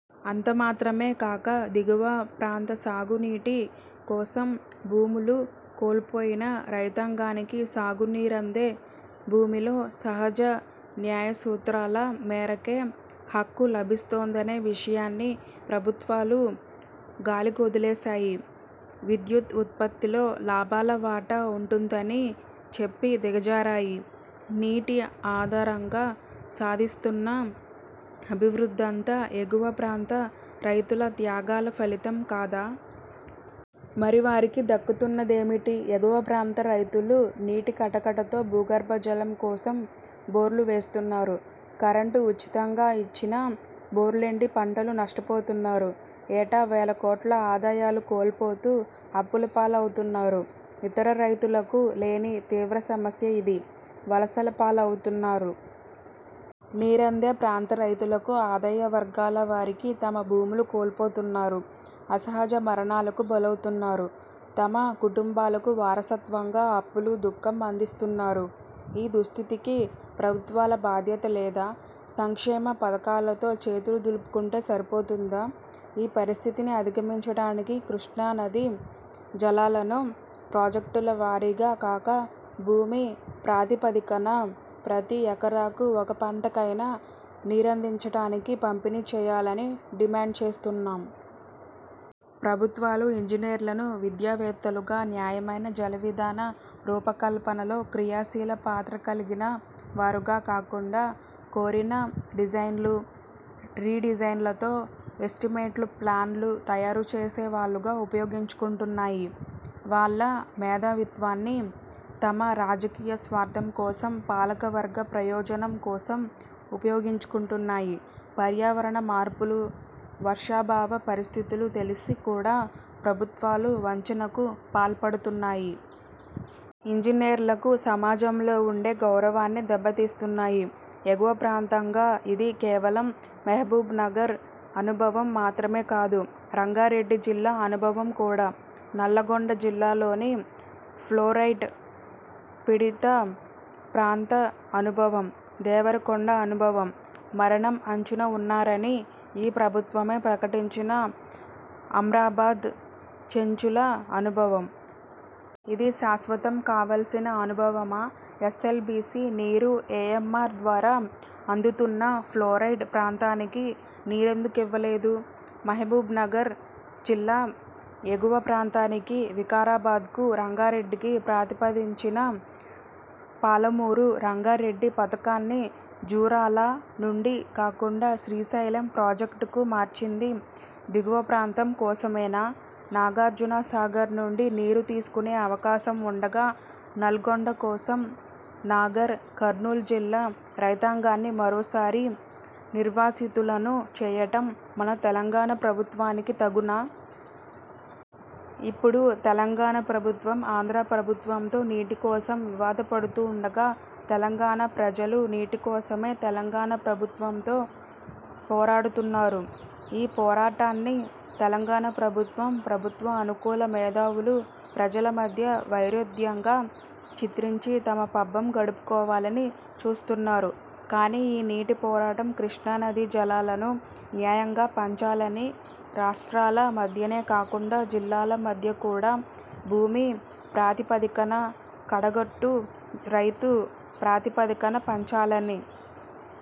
అంతమాత్రమే కాక దిగువ ప్రాంత సాగు నీటి కోసం భూములు కోల్పోయిన రైతాంగానికి సాగునీరందే భూమిలో సహజ న్యాయసూత్రాల మేరకే హక్కు లభిస్తుందనే విషయాన్ని ప్రభుత్వాలు గాలికొదిలేశాయి. విద్యుత్ ఉత్పత్తిలో లాభాల వాటా ఉంటుందనీ చెప్పి దిగజారాయి. నీటి ఆధారంగా సాధిస్తున్న అభివృద్ధంతా ఎగువ ప్రాంత రైతుల త్యాగాల ఫలితం కాదా? మరి వారికి దక్కుతున్నదేమిటి? ఎగువ ప్రాంత రైతులు నీటి కటకటతో భూగర్భ జలం కోసం బోర్లు వేస్తున్నారు. కరెంటు ఉచితంగా ఇచ్చినా బోర్లెండి పంటలు నష్టపోతున్నారు. ఏటా వేల కోట్ల ఆదాయాలు కోల్పోతూ అప్పుల పాలవుతున్నారు. ఇతర రైతులకు లేని తీవ్ర సమస్య ఇది. వలసల పాలవుతున్నారు. నీరందే ప్రాంత రైతులకు, ఆదాయవర్గాల వారికి తమ భూములు కోల్పోతున్నారు. అసహజ మరణాలకు బలవుతున్నారు. తమ కుటుంబాలకు వారసత్వంగా అప్పులు, దుఃఖం అందిస్తున్నారు. ఈ దుస్థితికి ప్రభుత్వాల బాధ్యత లేదా? సంక్షేమ పథకాలతో చేతులు దులుపుకుంటే సరిపోతుందా? ఈ పరిస్థితిని అధిగమించటానికి కృష్ణా నదీ జలాలను ప్రాజెక్టుల వారీగా కాక భూమి ప్రాతిపదికన ప్రతి ఎకరాకు ఒక పంటకైనా నీరందించటానికి పంపిణీ చేయాలని డిమాండ్ చేస్తున్నాం. ప్రభుత్వాలు ఇంజనీర్లను విద్యావేత్తలుగా, న్యాయమైన జలవిధాన రూపకల్పనలో క్రియాశీల పాత్ర కలిగిన వారుగా కాకుండా కోరిన డిజైన్లు, రీడిజైన్లతో ఎస్టిమేట్లు, ప్లాన్లు తయారుచేసే వాళ్ళుగా ఉపయోగించుకుంటున్నాయి. వాళ్ళ మేధావిత్వాన్ని తమ రాజకీయ స్వార్థం కోసం, పాలకవర్గ ప్రయోజనం కోసం ఉపయోగించుకుంటున్నాయి. పర్యావరణ మార్పులు, వర్షాభావ పరిస్థితులు తెలిసి కూడా ప్రభుత్వాలు వంచనకు పాల్పడుతున్నాయి. ఇంజనీర్లకు సమాజంలో వుండే గౌరవాన్ని దెబ్బతీస్తున్నాయి. ఎగువ ప్రాంతంగా ఇది కేవలం మహబూబ్నగర్ అనుభవం మాత్రమే కాదు. రంగారెడ్డి జిల్లా అనుభవం కూడా. నల్లగొండ జిల్లాలోని ఫ్లోరైడ్ పీడిత ప్రాంత అనుభవం, దేవరకొండ అనుభవం. మరణం అంచున వున్నారని ఈ ప్రభుత్వమే ప్రకటించిన అమ్రాబాద్ చెంచుల అనుభవం. ఇది శాశ్వతం కావలసిన అనుభవమా? ఎస్ఎల్బీసీ నీరు ఏఎంఆర్ ద్వారా అందుతున్నా ఫ్లోరైడ్ ప్రాంతానికి నీరెందుకివ్వలేదు? మహబూబ్నగర్ జిల్లా ఎగువ ప్రాంతానికి, వికారాబాద్కు, రంగారెడ్డికి ప్రతిపాదించిన పాలమూరు రంగారెడ్డి పథకాన్ని జూరాల నుండి కాకుండా శ్రీశైలం ప్రాజెక్టుకు మార్చింది దిగువ ప్రాంతం కోసమేనా? నాగార్జున సాగర్ నుండి నీరు తీసుకునే అవకాశం వుండగా నల్లగొండ కోసం నాగర్ కర్నూల్ జిల్లా రైతాంగాన్ని మరోసారి నిర్వాసితులను చేయటం మన తెలంగాణ ప్రభుత్వానికి తగునా? ఇప్పుడు తెలంగాణ ప్రభుత్వం ఆంధ్ర ప్రభుత్వంతో నీటి కోసం వివాదపడుతూండగా తెలంగాణ ప్రజలు నీటికోసమే తెలంగాణ ప్రభుత్వంతో పోరాడుతున్నారు. ఈ పోరాటాన్ని తెలంగాణ ప్రభుత్వం, ప్రభుత్వ అనుకూల మేధావులు ప్రజల మధ్య వైరుధ్యంగా చిత్రించి తమ పబ్బం గడుపుకోవాలని చూస్తున్నారు. కానీ ఈ నీటి పోరాటం కృష్ణా నదీ జలాలను న్యాయంగా పంచాలని, రాష్ట్రాల మధ్యనే కాకుండా జిల్లాల మధ్య కూడా, భూమి ప్రాతిపదికన, కడగొట్టు రైతు ప్రాతిపదికన పంచాలని.